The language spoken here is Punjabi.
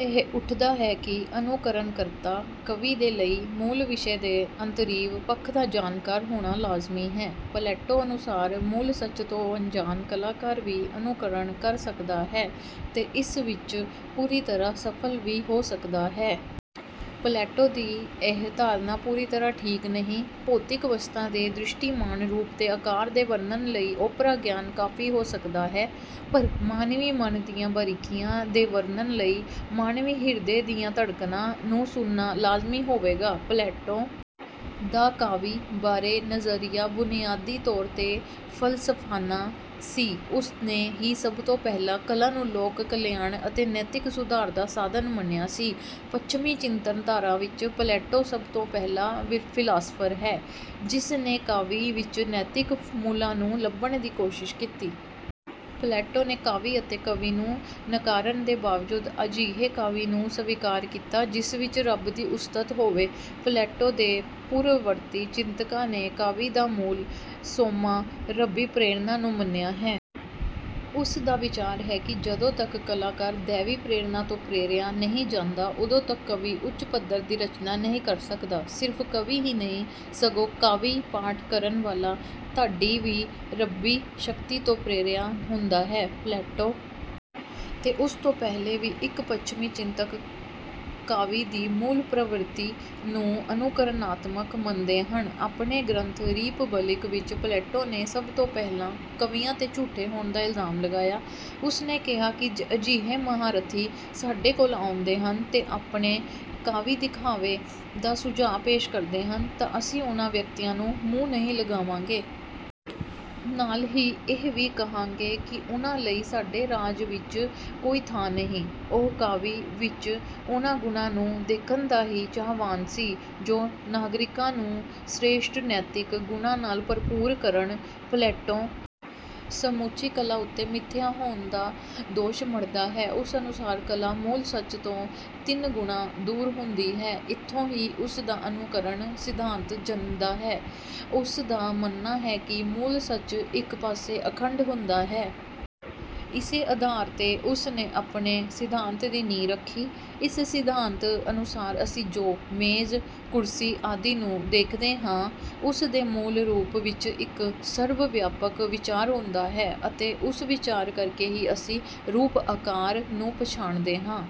ਇਹ ਉੱਠਦਾ ਹੈ ਕਿ ਅਨੁਕਰਣਕਰਤਾ ਕਵੀ ਦੇ ਲਈ ਮੂਲ ਵਿਸ਼ੇ ਦੇ ਅੰਤਰੀਵ ਪੱਖ ਦਾ ਜਾਣਕਾਰ ਹੋਣਾ ਲਾਜ਼ਮੀ ਹੈ। ਪਲੈਟੋ ਅਨੁਸਾਰ ਮੂਲ ਸੱਚ ਤੋਂ ਅਣਜਾਣ ਕਲਾਕਾਰ ਵੀ ਅਨੁਕਰਣ ਕਰ ਸਕਦਾ ਹੈ ਤੇ ਇਸ ਵਿੱਚ ਪੂਰੀ ਤਰ੍ਹਾਂ ਸਫ਼ਲ ਵੀ ਹੋ ਸਕਦਾ ਹੈ। ਪਲੈਟੋ ਦੀ ਇਹ ਧਾਰਨਾ ਪੂਰੀ ਤਰ੍ਹਾਂ ਠੀਕ ਨਹੀਂ। ਭੌਤਿਕ ਵਸਤਾਂ ਦੇ ਦ੍ਰਿਸ਼ਟੀਮਾਨ ਰੂਪ ਤੇ ਆਕਾਰ ਦੇ ਵਰਣਨ ਲਈ ਓਪਰਾ ਗਿਆਨ ਕਾਫੀ ਹੋ ਸਕਦਾ ਹੈ, ਪਰ ਮਾਨਵੀ ਮਨ ਦੀਆਂ ਬਾਰੀਕੀਆਂ ਦੇ ਵਰਣਨ ਲਈ ਮਾਨਵੀ ਹਿਰਦੇ ਦੀਆਂ ਧੜਕਣਾਂ ਨੂੰ ਸੁਣਨਾ ਲਾਜ਼ਮੀ ਹੋਵੇਗਾ। ਪਲੈਟੋ ਦਾ ਕਾਵਿ ਬਾਰੇ ਨਜ਼ਰੀਆ ਬੁਨਿਆਦੀ ਤੌਰ 'ਤੇ ਫ਼ਲਸਫ਼ਾਨਾ ਸੀ। ਉਸ ਨੇ ਹੀ ਸਭ ਤੋਂ ਪਹਿਲਾਂ ਕਲਾ ਨੂੰ ਲੋਕ ਕਲਿਆਣ ਅਤੇ ਨੈਤਿਕ ਸੁਧਾਰ ਦਾ ਸਾਧਨ ਮੰਨਿਆ ਸੀ। ਪੱਛਮੀ ਚਿੰਤਨ ਧਾਰਾ ਵਿੱਚ ਪਲੈਟੋ ਸਭ ਤੋਂ ਪਹਿਲਾਂ ਫ਼ਿਲਾਸਫਰ ਹੈ, ਜਿਸ ਨੇ ਕਾਵਿ ਵਿੱਚ ਨੈਤਿਕ ਮੁੱਲਾਂ ਨੂੰ ਲੱਭਣ ਦੀ ਕੋਸ਼ਿਸ਼ ਕੀਤੀ। ਪਲੈਟੋ ਨੇ ਕਾਵਿ ਅਤੇ ਕਵੀ ਨੂੰ ਨਕਾਰਨ ਦੇ ਬਾਵਜੂਦ ਅਜਿਹੇ ਕਾਵਿ ਨੂੰ ਸਵੀਕਾਰ ਕੀਤਾ ਜਿਸ ਵਿੱਚ ਰੱਬ ਦੀ ਉਸਤਤ ਹੋਵੇ। ਪਲੈਟੋ ਦੇ ਪੂਰਵਵਰਤੀ ਚਿੰਤਕਾਂ ਨੇ ਕਾਵਿ ਦਾ ਮੂਲ ਸੋਮਾ ਰੱਬੀ ਪ੍ਰੇਰਣਾ ਨੂੰ ਮੰਨਿਆ ਹੈ। ਉਸ ਦਾ ਵਿਚਾਰ ਹੈ ਕਿ ਜਦੋਂ ਤੱਕ ਕਲਾਕਾਰ ਦੈਵੀ ਪ੍ਰੇਰਣਾ ਤੋਂ ਪ੍ਰੇਰਿਆ ਨਹੀਂ ਜਾਂਦਾ, ਉਦੋਂ ਤੱਕ ਕਵੀ ਉੱਚ ਪੱਧਰ ਦੀ ਰਚਨਾ ਨਹੀਂ ਕਰ ਸਕਦਾ। ਸਿਰਫ਼ ਕਵੀ ਹੀ ਨਹੀਂ, ਸਗੋਂ ਕਾਵਿ-ਪਾਠ ਕਰਨ ਵਾਲਾ ਢਾਡੀ ਵੀ ਰੱਬੀ ਸ਼ਕਤੀ ਤੋਂ ਪ੍ਰੇਰਿਆ ਹੁੰਦਾ ਹੈ। ਪਲੈਟੋ ਤੇ ਉਸ ਤੋਂ ਪਹਿਲੇ ਵੀ ਇੱਕ ਪੱਛਮੀ ਚਿੰਤਕ ਕਾਵਿ ਦੀ ਮੂਲ ਪ੍ਰਵਿਰਤੀ ਨੂੰ ਅਨੁਕਰਣਾਤਮਕ ਮੰਨਦੇ ਹਨ। ਆਪਣੇ ਗ੍ਰੰਥ 'ਰੀਪਬਲਿਕ' ਵਿੱਚ ਪਲੈਟੋ ਨੇ ਸਭ ਤੋਂ ਪਹਿਲਾਂ ਕਵੀਆਂ 'ਤੇ ਝੂਠੇ ਹੋਣ ਦਾ ਇਲਜ਼ਾਮ ਲਗਾਇਆ। ਉਸ ਨੇ ਕਿਹਾ ਕਿ ਜੇ ਅਜਿਹੇ ਮਹਾਰਥੀ ਸਾਡੇ ਕੋਲ ਆਉਂਦੇ ਹਨ ਤੇ ਆਪਣੇ ਕਾਵਿ ਦਿਖਾਵੇ ਦਾ ਸੁਝਾਅ ਪੇਸ਼ ਕਰਦੇ ਹਨ ਤਾਂ ਅਸੀਂ ਉਨ੍ਹਾਂ ਵਿਅਕਤੀਆਂ ਨੂੰ ਮੂੰਹ ਨਹੀਂ ਲਗਾਵਾਂਗੇ। ਨਾਲ ਹੀ ਇਹ ਵੀ ਕਹਾਂਗੇ ਕਿ ਉਨ੍ਹਾਂ ਲਈ ਸਾਡੇ ਰਾਜ ਵਿੱਚ ਕੋਈ ਥਾਂ ਨਹੀਂ। ਉਹ ਕਾਵਿ ਵਿੱਚ ਉਨ੍ਹਾਂ ਗੁਣਾਂ ਨੂੰ ਦੇਖਣ ਦਾ ਹੀ ਚਾਹਵਾਨ ਸੀ ਜੋ ਨਾਗਰਿਕਾਂ ਨੂੰ ਸ੍ਰੇਸ਼ਟ ਨੈਤਿਕ ਗੁਣਾਂ ਨਾਲ ਭਰਪੂਰ ਕਰਨ। ਪਲੈਟੋ ਸਮੁੱਚੀ ਕਲਾ ਉੱਤੇ ਮਿੱਥਿਆ ਹੋਣ ਦਾ ਦੋਸ਼ ਮੜ੍ਹਦਾ ਹੈ। ਉਸ ਅਨੁਸਾਰ ਕਲਾ ਮੂਲ ਸੱਚ ਤੋਂ ਤਿੰਨ ਗੁਣਾ ਦੂਰ ਹੁੰਦੀ ਹੈ। ਇੱਥੋਂ ਹੀ ਉਸ ਦਾ ਅਨੁਕਰਨ ਸਿਧਾਂਤ ਜਨਮਦਾ ਹੈ। ਉਸ ਦਾ ਮੰਨਣਾ ਹੈ ਕਿ ਮੂਲ ਸੱਚ ਇੱਕ ਪਾਸੇ ਅਖੰਡ ਹੁੰਦਾ ਹੈ। ਇਸੇ ਆਧਾਰ 'ਤੇ ਉਸ ਨੇ ਆਪਣੇ ਸਿਧਾਂਤ ਦੀ ਨੀਂਹ ਰੱਖੀ। ਇਸ ਸਿਧਾਂਤ ਅਨੁਸਾਰ ਅਸੀਂ ਜੋ ਮੇਜ਼, ਕੁਰਸੀ ਆਦਿ ਨੂੰ ਦੇਖਦੇ ਹਾਂ, ਉਸ ਦੇ ਮੂਲ ਰੂਪ ਵਿੱਚ ਇੱਕ ਸਰਬ-ਵਿਆਪਕ ਵਿਚਾਰ ਹੁੰਦਾ ਹੈ ਅਤੇ ਉਸ ਵਿਚਾਰ ਕਰਕੇ ਹੀ ਅਸੀਂ ਰੂਪ-ਆਕਾਰ ਨੂੰ ਪਛਾਣਦੇ ਹਾਂ।